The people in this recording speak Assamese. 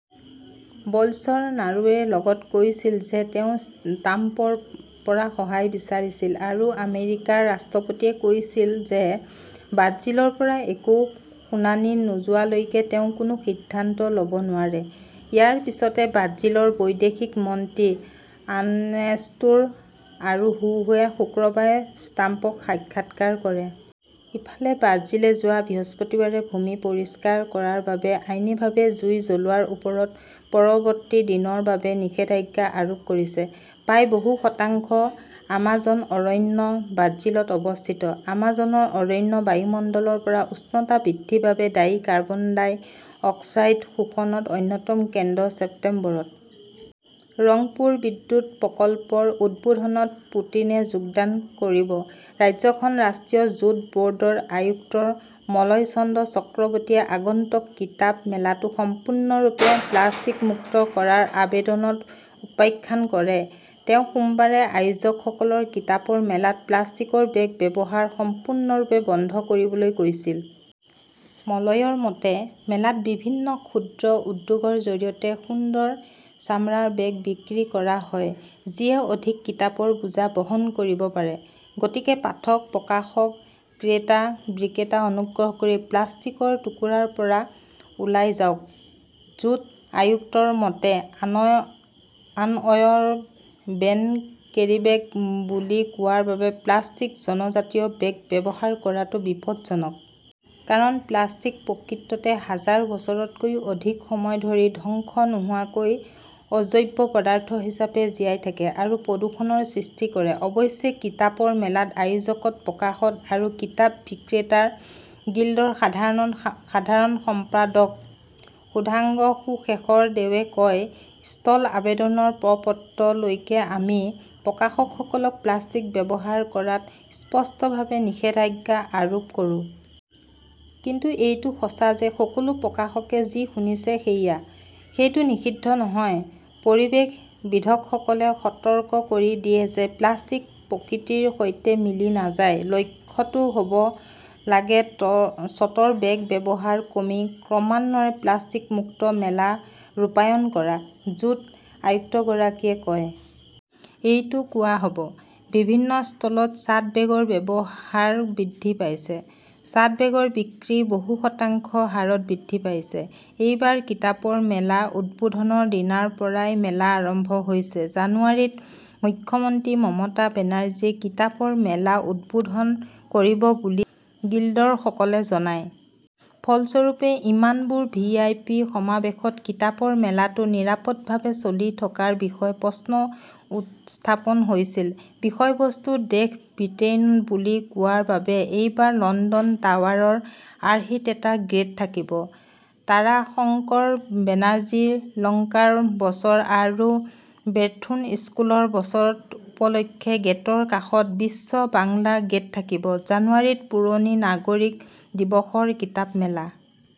বলছ "নাৰোৱে লগতে কৈছিল যে তেওঁ ট্ৰাম্পৰ পৰা সহায় বিচাৰিছিল আৰু আমেৰিকাৰ ৰাষ্ট্ৰপতিয়ে কৈছিল যে ব্ৰাজিলৰ পৰা একো শুনানি নোযোৱালৈকে তেওঁ কোনো সিদ্ধান্ত ল’ব নোৱাৰে। ইয়াৰ পিছতে ব্ৰাজিলৰ বৈদেশিক মন্ত্ৰী আৰ্নেষ্টো অৰোহুৱে শুকুৰবাৰে ট্ৰাম্পক সাক্ষাৎকাৰ কৰে। ইফালে, ব্ৰাজিলে যোৱা বৃহস্পতিবাৰে ভূমি পৰিষ্কাৰ কৰাৰ বাবে আইনীভাৱে জুই জ্বলোৱাৰ ওপৰত পৰৱৰ্তী দিনৰ বাবে নিষেধাজ্ঞা আৰোপ কৰিছে। প্ৰায় বহু শতাংশ আমাজন অৰণ্য ব্ৰাজিলত অৱস্থিত। আমাজনৰ অৰণ্যই বায়ুমণ্ডলৰ পৰা উষ্ণতা বৃদ্ধিৰ বাবে দায়ী কাৰ্বন ডাই অক্সাইড শোষণৰ অন্যতম কেন্দ্ৰ। ছেপ্টেম্বৰত ৰংপুৰ বিদ্যুৎ প্ৰকল্পৰ উদ্বোধনত, পুটিনে যোগদান কৰিব। ৰাজ্যখন ৰাষ্ট্ৰীয় জুট ব’ৰ্ডৰ আয়ুক্ত মলয় চন্দন চক্ৰৱৰ্তিয়ে আগন্তুক কিতাপ মেলাটো সম্পূৰ্ণৰূপে প্লাষ্টিক মুক্ত কৰাৰ আবেদনৰ উপাখ্যান কৰে। তেওঁ সোমবাৰে আয়োজকসকলৰ কিতাপৰ মেলাত প্লাষ্টিকৰ বেগ ব্যৱহাৰ সম্পূৰ্ণৰূপে বন্ধ কৰিবলৈ কৈছিল। মলয়ৰ মতে, "মেলাত বিভিন্ন ক্ষুদ্ৰ উদ্যোগৰ জৰিয়তে সুন্দৰ চামৰাৰ বেগ বিক্ৰী কৰা হয়, যিয়ে অধিক কিতাপৰ বোজা বহন কৰিব পাৰে। গতিকে পাঠক, প্ৰকাশক, ক্ৰেতা, বিক্ৰেতা-অনুগ্ৰহ কৰি প্লাষ্টিকৰ টুকুৰাৰ পৰা ওলাই যাওক! "জুট আয়ুক্তৰ মতে, আনঅ'ৱেন কেৰীবেগ বুলি কোৱাৰ বাবে প্লাষ্টিক জনজাতিয় বেগ ব্যৱহাৰ কৰাটো বিপদজনক। কাৰণ, প্লাষ্টিক প্ৰকৃততে হাজাৰ বছৰতকৈও অধিক সময় ধৰি ধ্বংস নোহোৱাকৈ অজৈব পদাৰ্থ হিচাপে জীয়াই থাকে আৰু প্ৰদূষণৰ সৃষ্টি কৰে। অৱশ্যে, কিতাপৰ মেলাত আয়োজকক, প্ৰকাশক আৰু কিতাপ বিক্ৰেতাৰ গিল্ডৰ সাধাৰণ সম্পাদক সুধাংশুশেখৰ দেয়ে কয়, "ষ্টল আবেদনৰ প্ৰ-পত্ৰলৈকে আমি প্ৰকাশকসকলক প্লাষ্টিক ব্যৱহাৰ কৰাত স্পষ্টভাৱে নিষেধাজ্ঞা আৰোপ কৰো। কিন্তু এইটো সঁচা যে সকলো প্ৰকাশকে যি শুনিছে সেয়া। সেইটো নিষিদ্ধ নহয়। পৰিৱেশবিদসকলে সতৰ্ক কৰি দিয়ে যে প্লাষ্টিক প্ৰকৃতিৰ সৈতে মিলি নাযায়। "লক্ষ্যটো হ’ব লাগে চটৰ বেগ ব্যৱহাৰ কৰি ক্ৰমান্বয়ে প্লাষ্টিক-মুক্ত মেলা ৰূপায়ণ কৰা ", জুট আয়ুক্তগৰাকীয়ে কয়। এইটো কোৱা হ’ব, বিভিন্ন ষ্টলত চাট বেগৰ ব্যৱহাৰ বৃদ্ধি পাইছে। চাট বেগৰ বিক্ৰী বহু শতাংশ হাৰত বৃদ্ধি পাইছে। এইবাৰ কিতাপৰ মেলা উদ্বোধনৰ দিনাৰ পৰাই মেলা আৰম্ভ হৈছে। জানুৱাৰীত মুখ্যমন্ত্ৰী মমতা বেনাৰ্জীয়ে কিতাপৰ মেলা উদ্বোধন কৰিব বুলি গিল্ডৰসকলে জনায়। ফলস্বৰূপে, ইমানবোৰ ভি. আই. পি. সমাৱেশত কিতাপৰ মেলাটো নিৰাপদভাৱে চলি থকাৰ বিষয়ে প্ৰশ্ন উত্থাপন হৈছে। বিষয়বস্তু দেশ 'ব্ৰিটেইন’ বুলি কোৱাৰ বাবে এইবাৰ লণ্ডন টাৱাৰৰ আৰ্হিত এটা গেট থাকিব। তাৰাশংকৰ বেনাৰ্জী, লৰ্কাৰ বছৰ আৰু বেথুন স্কুলৰ বছৰ উপলক্ষে গেটৰ কাষত বিশ্ব বাংলা গেট থাকিব। জানুৱাৰীত পুৰণি নাগৰিক দিৱসৰ কিতাপ মেলা।